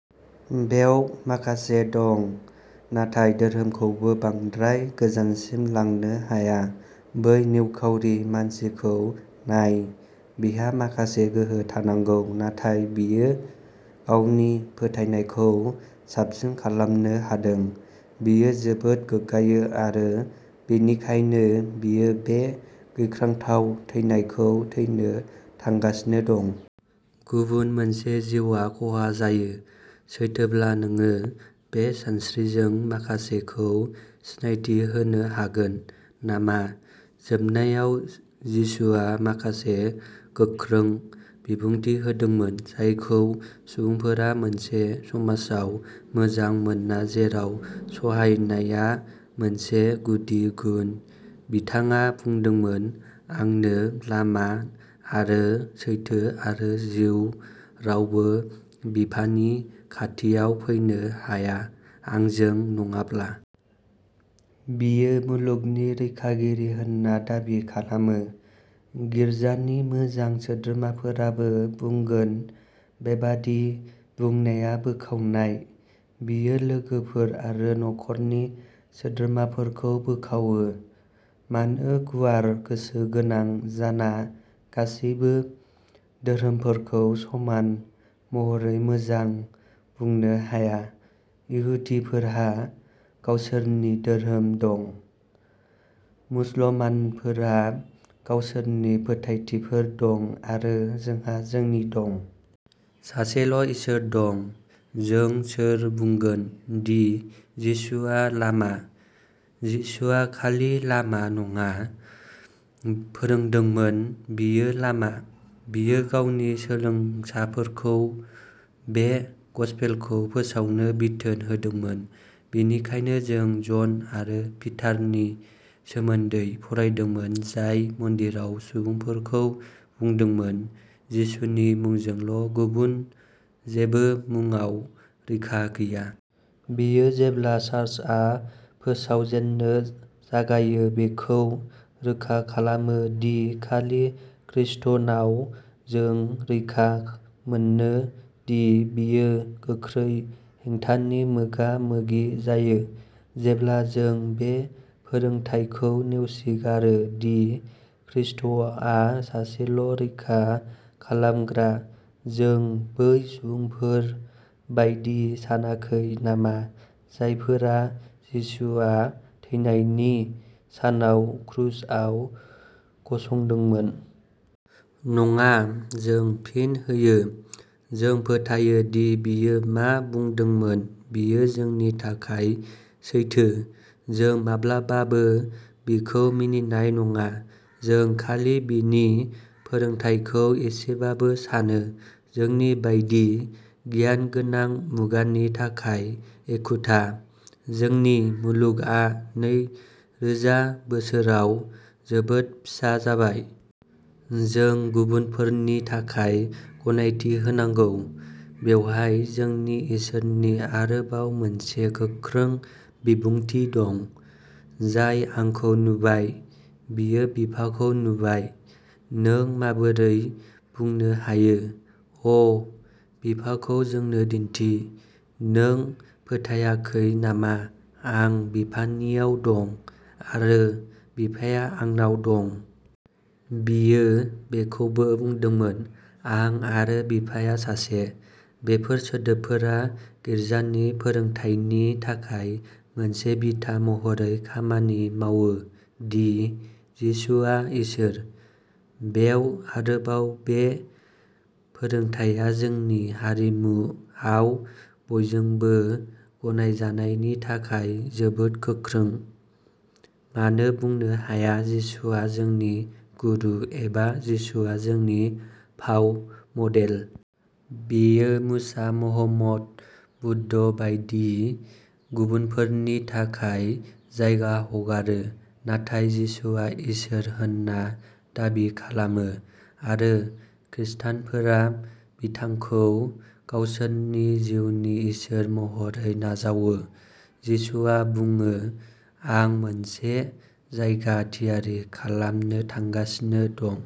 बेयाव माखासे दं नाथाय धोरोमखौबो बांद्राय गोजानसिम लांनो हाया। बै निखावरि मानसिखौ नाय। बिहा माखासे गोहो थानांगौ, नाथाय बियो गावनि फोथायनायखौ साबसिन खालामनो होदों। बियो जोबोद गोग्गायो आरो बेनिखायनो बियो बे गिख्रंथाव थैनायखौ थैनो थांगासिनो दं। गुबुन मोनसे जिउआ खहा जायो। सैथोब्ला नोङो बे सानस्रिजों माखासेखौ सिनायथि होनो हागोन नामा? जोबनायाव, जिसुआ माखासे गोख्रों बिबुंथि होदोंमोन जायखौ सुबुंफोरा मोनसे समाजाव मोजां मोना जेराव सहायनाया मोनसे गुदि गुन। बिथाङा बुंदोंमोन, "आंनो लामा आरो सैथो आरो जिउ रावबो बिफानि खाथियाव फैनो हाया आंजों नङाब्ला।" बियो मुलुगनि रैखागिरि होनना दाबि खालामो। गिरजानि मोजां सोद्रोमाफोराबो बुंगोन, बेबादि बुंनाया बोखावनाय। बेयो लोगोफोर आरो नखरनि सोद्रोमाफोरखौ बोखावो। मानो गुवार गोसो गोनां जाना गासिबो धोरोमफोरखौ समान महरै मोजां बुंनो हाया? इहुदिफोरहा गावसोरनि धोरोम दं, मुसलमानफोरा गावसोरनि फोथायथिफोर दं, आरो जोंहा जोंनि दं। सासेल' इसोर दं। जों सोर बुंगोन दि जिसुआ लामा? जिसुआ खालि लामा नङा फोरोंदोंमोन बियो लामा। बियो गावनि सोलोंसाफोरखौ बे गसपेलखौ फोसावनो बिथोन होदोंमोन। बेनिखायनो जों जन आरो पिटारनि सोमोन्दै फरायदोंमोन, जाय मन्दिराव सुबुंफोरखौ बुंदोंमोन, "जिसुनि मुंजोंल' गुबुन जेबो मुङाव रैखा गैया"। बेयो जेब्ला चार्चआ फोसावजेननो जागायो बेखौ रोखा खालामो दि खालि ख्रिस्ट’नाव जों रैखा मोनो दि बेयो गोख्रों हेंथानि मोगा-मोगि जायो। जेब्ला जों बे फोरोंथायखौ नेवसिगारो, दि ख्रिस्ट’आ सासेल' रैखा खालामग्रा, जों बै सुबुंफोर बायदि सानाखै नामा जायफोरा जिसुआ थैनायनि सानाव क्रुसआव गसंदोंमोन? नङा, जों फिन होयो, जों फोथायो दि बियो मा बुंदोंमोन बेयो जोंनि थाखाय सैथो। जों माब्लाबाबो बिखौ मिनिनाय नङा। जों खालि बिनि फोरोंथायखौ एसेबाबो सानो। जोंनि बायदि गियानगोनां मुगानि थाखाय एखुथा। जोंनि मुलुगआ नै रोजा बोसोराव जोबोद फिसा जाबाय। जों गुबुनफोरनि थाखाय गनायथि होनांगौ। बेवहाय जोंनि इसोरनि आरोबाव मोनसे गोख्रों बिबुंथि दं, "जाय आंखौ नुबाय, बियो बिफाखौ नुबाय। नों माबोरै बुंनो हायो, अ बिफाखौ जोंनो दिन्थि? नों फोथायाखै नामा आं बिफानियाव दं, आरो बिफाया आंनाव दं? बियो बेखौबो बुंदोंमोन, "आं आरो बिफाया सासे।" बेफोर सोदोबफोरा गिरजानि फोरोंथायनि थाखाय मोनसे बिथा महरै खामानि मावो दि जिसुआ इसोर। बेयाव आरोबाव बे फोरोंथाया जोंनि हारिमुआव बयजोंबो गनायजानायनि थाखाय जोबोद गोख्रों। मानो बुंनो हाया, जिसुआ जोंनि गुरु एबा जिसुआ जोंनि फाव मडेल। बेयो मुसा, महम्मद, बुद्ध बायदि गुबुनफोरनि थाखाय जायगा हगारो। नाथाय जिसुआ इसोर होनना दाबि खालामो, आरो खिस्टानफोरा बिथांखौ गावसोरनि जिउनि इसोर महरै नाजावो। जिसुआ बुङो, "आं मोनसे जायगा थियारि खालामनो थांगासिनो दं।